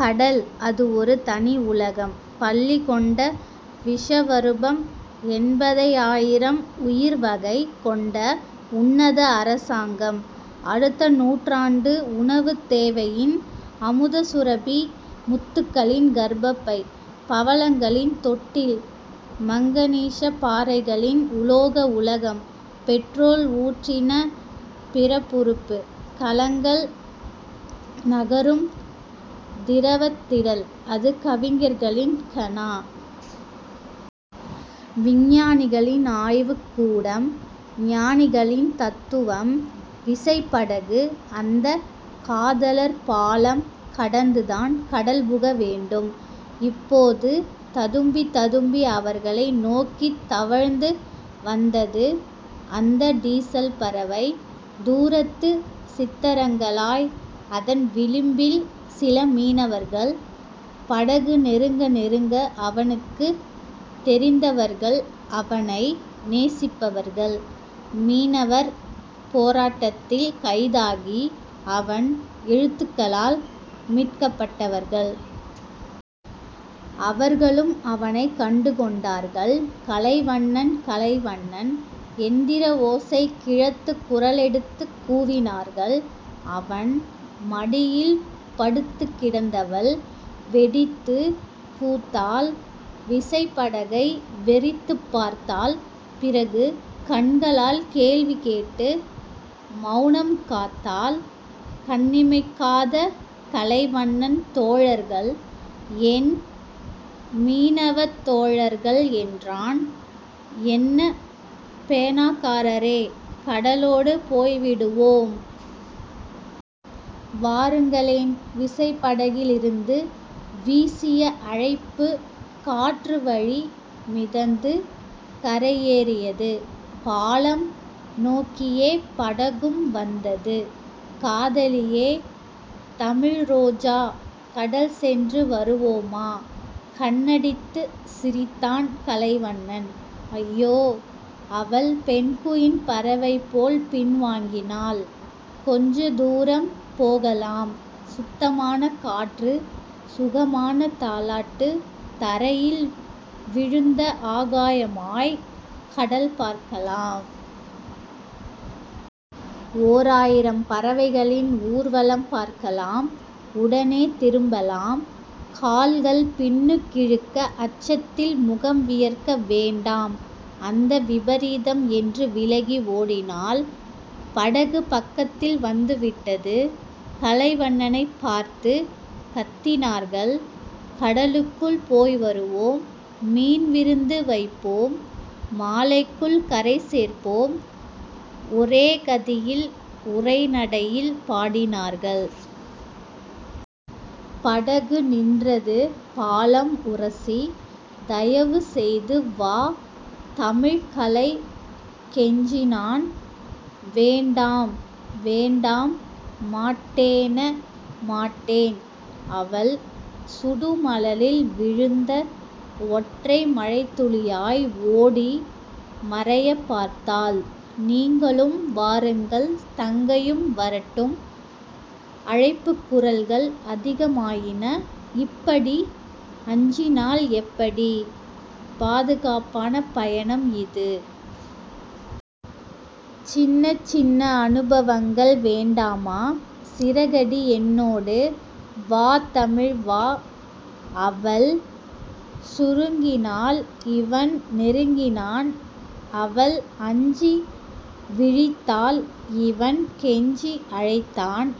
கடல். அது ஒரு தனி உலகம். பள்ளிகொண்ட விஸவருபம். எண்பதையாயிரம் உயிர்வகை கொண்ட உன்னத அரசாங்கம். அடுத்த நூற்றாண்டு உணவுத்தேவையின் அமுதசுரபி. முத்துக்களின் கர்ப்பப்பை. பவளங்களின் தொட்டில். மங்கனீஷ பாறைகளின் உலோக உலகம். பெட்ரோல் ஊற்றின பிறப்புறுப்பு. கலங்கள் நகரும் திரவத்திடல். அது கவிஞர்களின் கனா. விஞ்ஞானிகள் ஆய்வுக்கூடம். ஞானிகளின் தத்துவம். விசைப்படகு அந்தக் காதலர்பாலம் கடந்துதான் கடல்புக வேண்டும். இப்போது ததும்பித் ததும்பி அவர்களை நோக்கித் தவழ்ந்து வந்தது அந்த டீசல்பறவை. தூரத்துச் சித்தரங்களாய் அதன் விளிம்பில் சில மீனவர்கள். படகு நெருங்க... நெருங்க... அவனுக்குத் தெரிந்தவர்கள். அவனை நேசிப்பவர்கள். மீனவர் போராட்டத்தில் கைதாகி அவன் எழுத்துக்களால் மீட்கப்பட்டவர்கள். அவர்களும் அவனைக் கண்டுகொண்டார்கள். கலைவண்ணன். கலைவண்ணன். எந்திரஓசை கிழத்துக் குரலெடுத்துக் கூவினார்கள். அவன் மடியில் படுத்துக்கிடந்தவள் வெடித்துப் பூத்தாள். விசைப்படகை வெறித்துப் பார்த்தாள். பிறகு கண்களால் கேள்விகேட்டு மெளனம் காத்தாள். கண்ணிமைக்காத கலைவண்ணன் தோழர்கள். என் மீனவத் தோழர்கள் என்றான். என்ன பேனாக்காரரே. கடலோடு போய்விடுவோம். வாருங்களேன். விசைப்படகிலிருந்து வீசிய அழைப்பு காற்றுவழி மிதந்து கரையேறியது. பாலம் நோக்கியே படகும் வந்தது. காதலியே. தமிழ்ரோஜா. கடல்சென்று வருவோமா? கண்ணடித்துச் சிரித்தான் கலைவண்ணன். அய்யோ. அவள் பெங்குவின் பறவைபோல் பின்வாங்கினாள். கொஞ்சதூரம் போகலாம், சுத்தமான காற்று சுகமான தாலாட்டு தரையில் விழுந்த ஆகாயமாய்க் கடல்பார்க்கலாம். ஓராயிரம் பறவைகளின் ஊர்வலம் பார்க்கலாம் உடனே திரும்பலாம். கால்கள் பின்னுக்கிழுக்க அச்சத்தில் முகம் வியர்க்க வேண்டாம் அந்த விபரீதம் என்று விலகி ஓடினாள். படகு பக்கத்தில் வந்துவிட்டது. கலைவண்ணனைப் பார்த்துக் கத்தினார்கள். கடலுக்குள் போய்வருவோம் மீன்விருந்து வைப்போம் மாலைக்குள் கரைசேர்ப்போம் ஒரே கதியில் உரைநடையில் பாடினார்கள். படகு நின்றது பாலம் உரசி. தயவுசெய்து வா தமிழ் கலை கெஞ்சினான் வேண்டாம் வேண்டாம் மாட்டேன. மாட்டேன். அவள் சுடுமணலில் விழுந்த ஒற்றை மழைத்துளியாய் ஓடி மறையப்பார்த்தாள். நீங்களும் வாருங்கள் தங்கையும் வரட்டும் அழைப்புக் குரல்கள் அதிகமாயின. இப்படி அஞ்சினால் எப்படி? பாதுகாப்பான பயணம் இது. சின்னச்சின்ன அனுபவங்கள் வேண்டாமா? சிறகடி என்னோடு. வா தமிழ். வா. அவள் சுருங்கினாள் இவன் நெருங்கினான். அவள் அஞ்சி விழித்தாள் இவன் கெஞ்சி அழைத்தான்.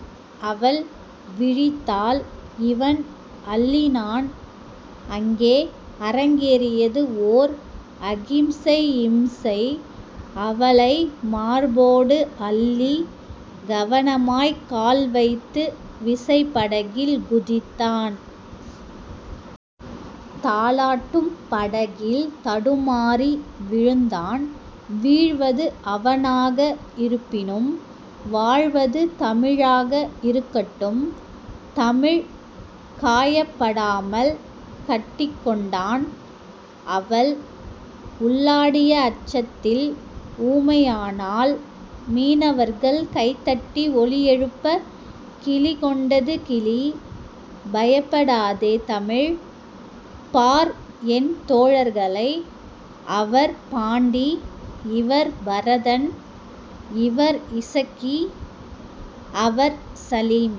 அவள் விழித்தாள். இவன் அள்ளினான். அங்கே அரங்கேறியது ஓர் அகிம்சை இம்சை அவளை மார்போடு அள்ளி கவனமாய்க் கால்வைத்து விசைப்படகில் குதித்தான். தாலாட்டும் படகில் தடுமாறி விழுந்தான். வீழ்வது அவனாக இருப்பினும் வாழ்வது தமிழாக இருக்கட்டும் தமிழ் காயப்படாமல் கட்டிக்கொண்டான். அவள் உள்ளாடிய அச்சத்தில் ஊமையானாள். மீனவர்கள் கைதட்டி ஒலிஎழுப்ப கிலிகொண்டது கிளி. பயப்படாதே தமிழ். பார் என் தோழர்களை. அவர் பாண்டி இவர் பரதன் இவர் இசக்கி அவர் சலிம்.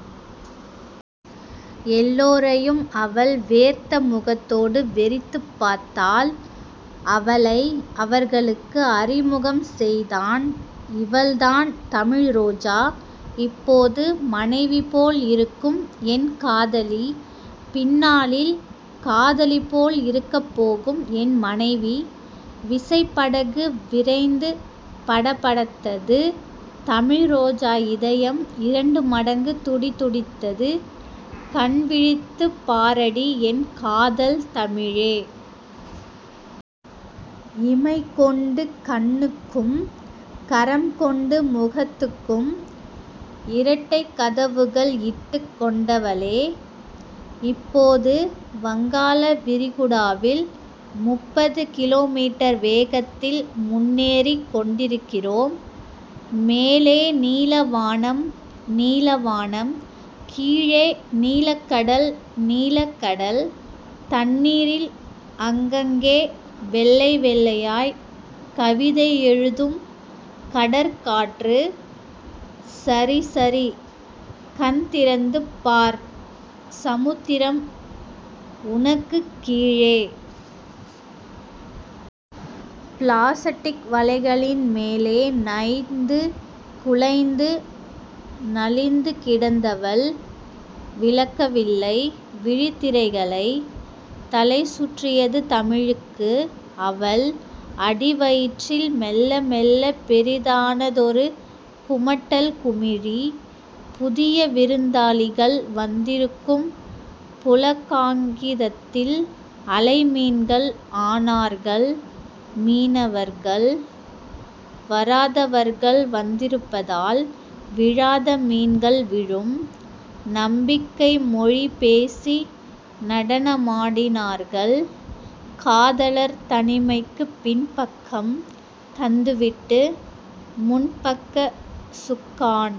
எல்லோரையும் அவள் வேர்த்த முகத்தோடு வெறித்துப் பார்த்தாள். அவளை அவர்களுக்கு அறிமுகம் செய்தான் இவள்தான் தமிழ்ரோஜா. இப்போது மனைவிபோல் இருக்கும் என் காதலி. பின்னாளில் காதலிபோல் இருக்கப்போகும் என் மனைவி. விசைப்படகு விரைந்து படபடத்தது தமிழ்ரோஜா இதயம் இரண்டுமடங்கு துடிதுடித்தது. கண்விழித்துப் பாரடி என் காதல்தமிழே. இமைகொண்டு கண்ணுக்கும் கரம்கொண்டு முகத்துக்கும் இரட்டைக்கதவுகள் இட்டுக் கொண்டவளே. இப்போது வங்காள விரிகுடாவில் முப்பது கிலோமீட்டர் வேகத்தில் முன்னேறிக் கொண்டிருக்கிறோம். மேலே நீலவானம் நீளவானம். கீழே நீலக்கடல் நீளக்கடல். தண்ணீரில் அங்கங்கே வெள்ளைவெள்ளையாய்க் கவிதை எழுதும் கடற்காற்று. சரி. சரி. கண்திறந்துபார். சமுத்திரம் உனக்குக் கீழே. பிளாஸடிக் வலைகளின்மேலே நைந்து குலைந்து நலிந்துகிடந்தவள் விலக்கவில்லை விழித்திரைகளை. தலைசுற்றியது தமிழுக்கு. அவள் அடிவயிற்றில் மெல்ல மெல்லப் பெரிதானதொரு குமட்டல் குமிழி. புதிய விருந்தாளிகள் வந்திருக்கும் புளகாங்கிதத்தில் அலைமீன்கள் ஆனார்கள் மீனவர்கள். வராதவர்கள் வந்திருப்பதால் விழாத மீன்கள் விழும். நம்பிக்கைமொழி பேசி நடனமாடினார்கள். காதலர் தனிமைக்குப் பின்பக்கம் தந்துவிட்டு முன்பக்கச் சுக்கான்